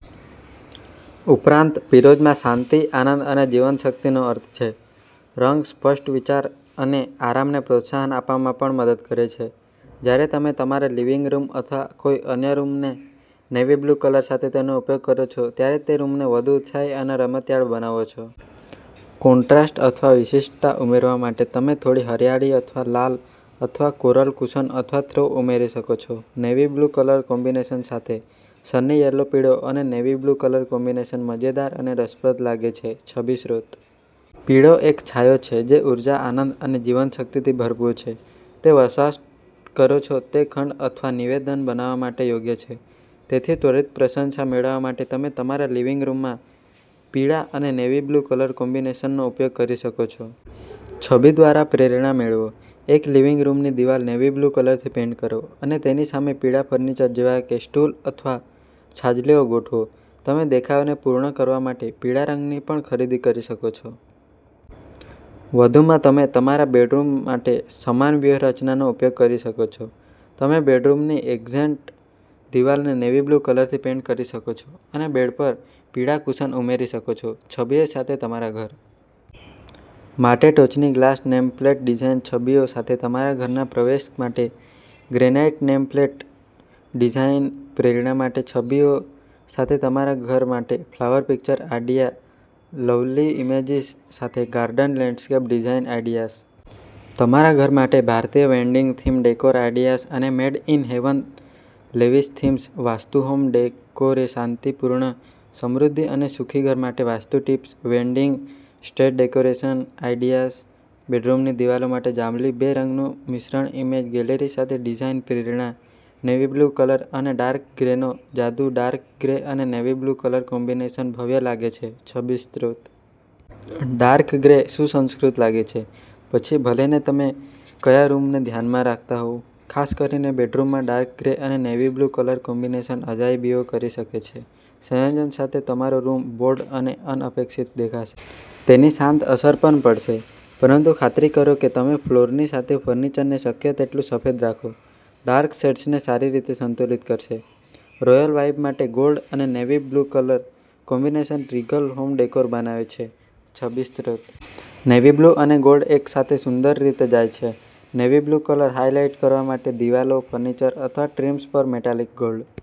ઉપરાંત, પીરોજમાં શાંતિ, આનંદ અને જીવનશક્તિનો અર્થ છે. રંગ સ્પષ્ટ વિચાર અને આરામને પ્રોત્સાહન આપવામાં પણ મદદ કરે છે. જ્યારે તમે તમારા લિવિંગ રૂમ અથવા અન્ય કોઈ રૂમમાં નેવી-બ્લુ કલર સાથે તેનો ઉપયોગ કરો છો, ત્યારે તમે તે રૂમને વધુ ઉત્સાહી અને રમતિયાળ બનાવો છો. કોન્ટ્રાસ્ટ અથવા વિશિષ્ટતા ઉમેરવા માટે, તમે થોડી હરિયાળી અથવા લાલ અથવા કોરલ કુશન અથવા થ્રો ઉમેરી શકો છો. નેવી બ્લુ કલર કોમ્બિનેશન સાથે સની યલો પીળો અને નેવી-બ્લુ કલર કોમ્બિનેશન મજેદાર અને રસપ્રદ લાગે છે છબી સ્ત્રોત. પીળો એક છાંયો છે જે ઊર્જા, આનંદ અને જીવનશક્તિથી ભરપૂર છે. તે વસવાટ કરો છો ખંડ અથવા માં નિવેદન બનાવવા માટે યોગ્ય છે. તેથી, ત્વરિત પ્રશંસા મેળવવા માટે તમે તમારા લિવિંગ રૂમમાં પીળા અને નેવી-બ્લુ કલર કોમ્બિનેશનનો ઉપયોગ કરી શકો છો. છબી દ્વારા પ્રેરણા મેળવો. એક લિવિંગ રૂમની દીવાલ નેવી-બ્લુ કલરથી પેઈન્ટ કરો અને તેની સામે પીળા ફર્નિચર જેવા કે સ્ટૂલ અથવા છાજલીઓ ગોઠવો. તમે દેખાવને પૂર્ણ કરવા માટે પીળા રંગની રગ પણ ખરીદી શકો છો. વધુમાં, તમે તમારા બેડરૂમ માટે સમાન વ્યૂહરચનાનો ઉપયોગ કરી શકો છો. તમે બેડરૂમની એક્સેન્ટ દિવાલને નેવી-બ્લુ કલરથી પેઇન્ટ કરી શકો છો અને બેડ પર પીળા કુશન ઉમેરી શકો છો. છબીઓ સાથે તમારા ઘર માટે ટોચની ગ્લાસ નેમ પ્લેટ ડિઝાઇન, છબીઓ સાથે તમારા ઘરના પ્રવેશ માટે ગ્રેનાઈટ નેમ પ્લેટ ડિઝાઇન, પ્રેરણા માટેની છબીઓ સાથે તમારા ઘર માટે flower picture idea, lovely images સાથે ગાર્ડન લેન્ડસ્કેપ ડીઝાઈન આઈડિયાઝ, તમારા ઘર માટે ભારતીય વેડિંગ થીમ ડેકોર આઈડિયાઝ અને made in heaven lavish themes, vastu home ડેકોરશાંતિપૂર્ણ, સમૃદ્ધ અને સુખી ઘર માટે vastu tips, wedding stage decoration ideas, બેડરૂમની દિવાલો માટે જાંબલી બે રંગનું મિશ્રણઇમેજ ગેલેરી સાથે ડિઝાઇન પ્રેરણા, નેવી-બ્લુ કલર અને ડાર્ક ગ્રેનો જાદુ ડાર્ક ગ્રે અને નેવી-બ્લુ કલર કોમ્બિનેશન ભવ્ય લાગે છે છબી સ્ત્રોત. ડાર્ક ગ્રે સુસંસ્કૃત લાગે છે, પછી ભલેને તમે કયા રૂમને ધ્યાનમાં રાખતા હોવ. ખાસ કરીને બેડરૂમમાં, ડાર્ક ગ્રે અને નેવી-બ્લુ કલર કોમ્બિનેશન અજાયબીઓ કરી શકે છે. સંયોજન સાથે, તમારો રૂમ બોલ્ડ અને અનપેક્ષિત દેખાશે. તેની શાંત અસર પણ પડશે. પરંતુ ખાતરી કરો કે તમે ફ્લોરની સાથે ફર્નિચરને શક્ય તેટલું સફેદ રાખો. ડાર્ક શેડ્સને સારી રીતે સંતુલિત કરશે. રોયલ વાઇબ માટે ગોલ્ડ અને navy blue colour combination regal home decor બનાવે છે છબી સ્ત્રોત. નેવી-બ્લુ અને ગોલ્ડ એક સાથે સુંદર રીતે જાય છે. નેવી-બ્લુ કલર હાઇલાઇટ કરવા માટે દિવાલો, ફર્નિચર અથવા ટ્રીમ્સ પર મેટાલિક ગોલ્ડ